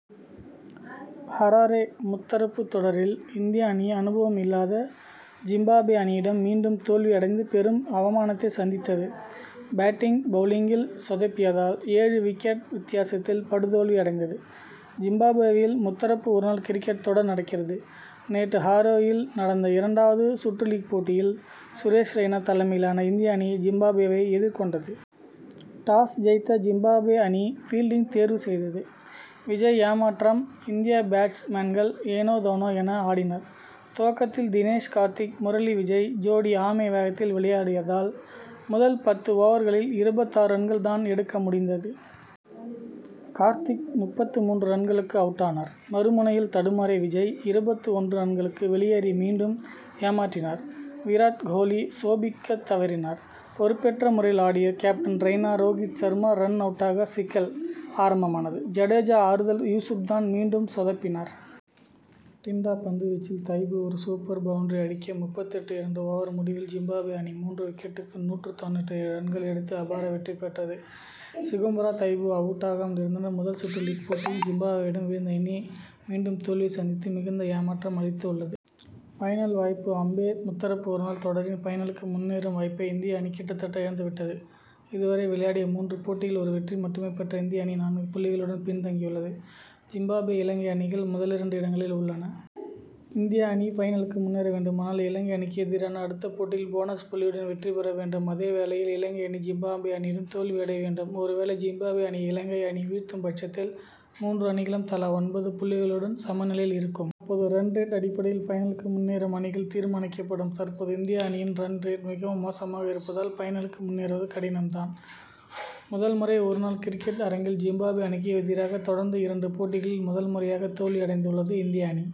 Harare முத்தரப்பு தொடரில் இந்திய அணி அனுபவம்இல்லாத ஜிம்பாப்வே அணியிடம் மீண்டும் தோல்வி அடைந்து, பெரும் அவமானத்தை சந்தித்தது. பேட்டிங், பவுலிங்கில் சொதப்பியதால் ஏழு விக்கெட் வித்தியாசத்தில் படுதோல்வி அடைந்தது. ஜிம்பாப்வேயில் முத்தரப்பு ஒரு நாள் கிரிக்கெட் தொடர் நடக்கிறது. நேற்று ஹராரேயில் நடந்த இரண்டாவது சுற்று லீக் போட்டியில் சுரேஷ் ரெய்னா தலைமையிலான இந்திய அணி, ஜிம்பாப் வேயை எதிர்கொண்டது. டாஸ்' ஜெயித்த ஜிம்பாப்வே அணி, பீல்டிங் தேர்வு செய்தது. விஜய் ஏமாற்றம்: இந்திய பேட்ஸ் மேன்கள் ஏனோதானோ என ஆடினர். துவக்கத்தில் தினேஷ் கார்த்திக், முரளி விஜய் ஜோடி ஆமை வேகத்தில் விளையாடியதால், முதல் பத்து ஓவர்களில் இருபத்து ஆறு ரன்கள் தான் எடுக்க முடிந்தது. கார்த்திக் முப்பத்து மூன்று ரன்களுக்கு அவுட்டானார். மறுமுனையில் தடுமாறிய விஜய், இருபத்து ஒன்று ரன்களுக்கு வெளியேறி, மீண்டும் ஏமாற்றினார். விராத் கோஹ்லி சோபிக்க தவறினார். பொறுப்பற்ற முறையில் ஆடிய கேப்டன் ரெய்னா, ரோகித் சர்மா ரன்-அவுட்டாக, சிக்கல் ஆரம்பமானது. ஜடேஜா ஆறுதல்: யூசுப் பதான், மீண்டும் சொதப்பினார். டின்டா பந்து வீச்சில் தைபு ஒரு சூப்பர் பவுண்டரி அடிக்க, முப்பத்தெட்டு. இரண்டு ஓவர் முடிவில் ஜிம்பாப்வே அணி மூன்று விக்கெட்டுக்கு நூற்று தொண்ணூற்று ஏழு ரன்கள் எடுத்து அபார வெற்றி பெற்றது. சிகும்பரா, தைபு அவுட்டாகாமல் இருந்தனர். முதல் சுற்று லீக் போட்டியில் ஜிம்பாப்வேயிடம் வீழ்ந்த இந்திய அணி, மீண்டும் ஒரு தோல்வியை சந்தித்து மிகுந்த ஏமாற்றம் அளித்து உள்ளது. பைனல் வாய்ப்பு அம்போ? முத்தரப்பு ஒருநாள் தொடரின் பைனலுக்கு முன்னேறும் வாய்ப்பை, இந்திய அணி கிட்டத்தட்ட இழந்து விட்டது. இதுவரை விளையாடிய மூன்று போட்டியில், ஒரு வெற்றி மட்டுமே பெற்ற இந்திய அணி நான்கு புள்ளிகளுடன் பின்தங்கியுள்ளது. ஜிம்பாப்வே, இலங்கை அணிகள் முதலிரண்டு இடங்களில் உள்ளன. இந்திய அணி பைனலுக்கு முன்னேற வேண்டுமானால், இலங்கை அணிக்கு எதிரான அடுத்த போட்டியில் போனஸ்' புள்ளியுடன் வெற்றி பெற வேண்டும். அதேவேளையில் இலங்கை அணி, ஜிம்பாப்வே அணியிடம் தோல்வியடைய வேண்டும். ஒருவேளை ஜிம்பாப்வே அணியை, இலங்கை அணி வீழ்த்தும் பட்சத்தில், மூன்று அணிகளும் தலா ஒன்பது புள்ளிகளுடன் சமநிலையில் இருக்கும். அப்போது ரன் ரேட் அடிப்படையில் பைனலுக்கு முன்னேறும் அணிகள் தீர்மானிக்கப்படும். தற்போது இந்திய அணியின் ரன் ரேட் மிகவும் மோசமாக இருப்பதால், பைனலுக்கு முன்னேறுவது கடினம் தான். முதல் முறை: ஒரு நாள் கிரிக்கெட் அரங்கில் ஜிம்பாப்வே அணிக்கு எதிராக தொடர்ந்து இரண்டு போட்டிகளில் முதல் முறையாக தோல்வி அடைந்துள்ளது இந்திய அணி.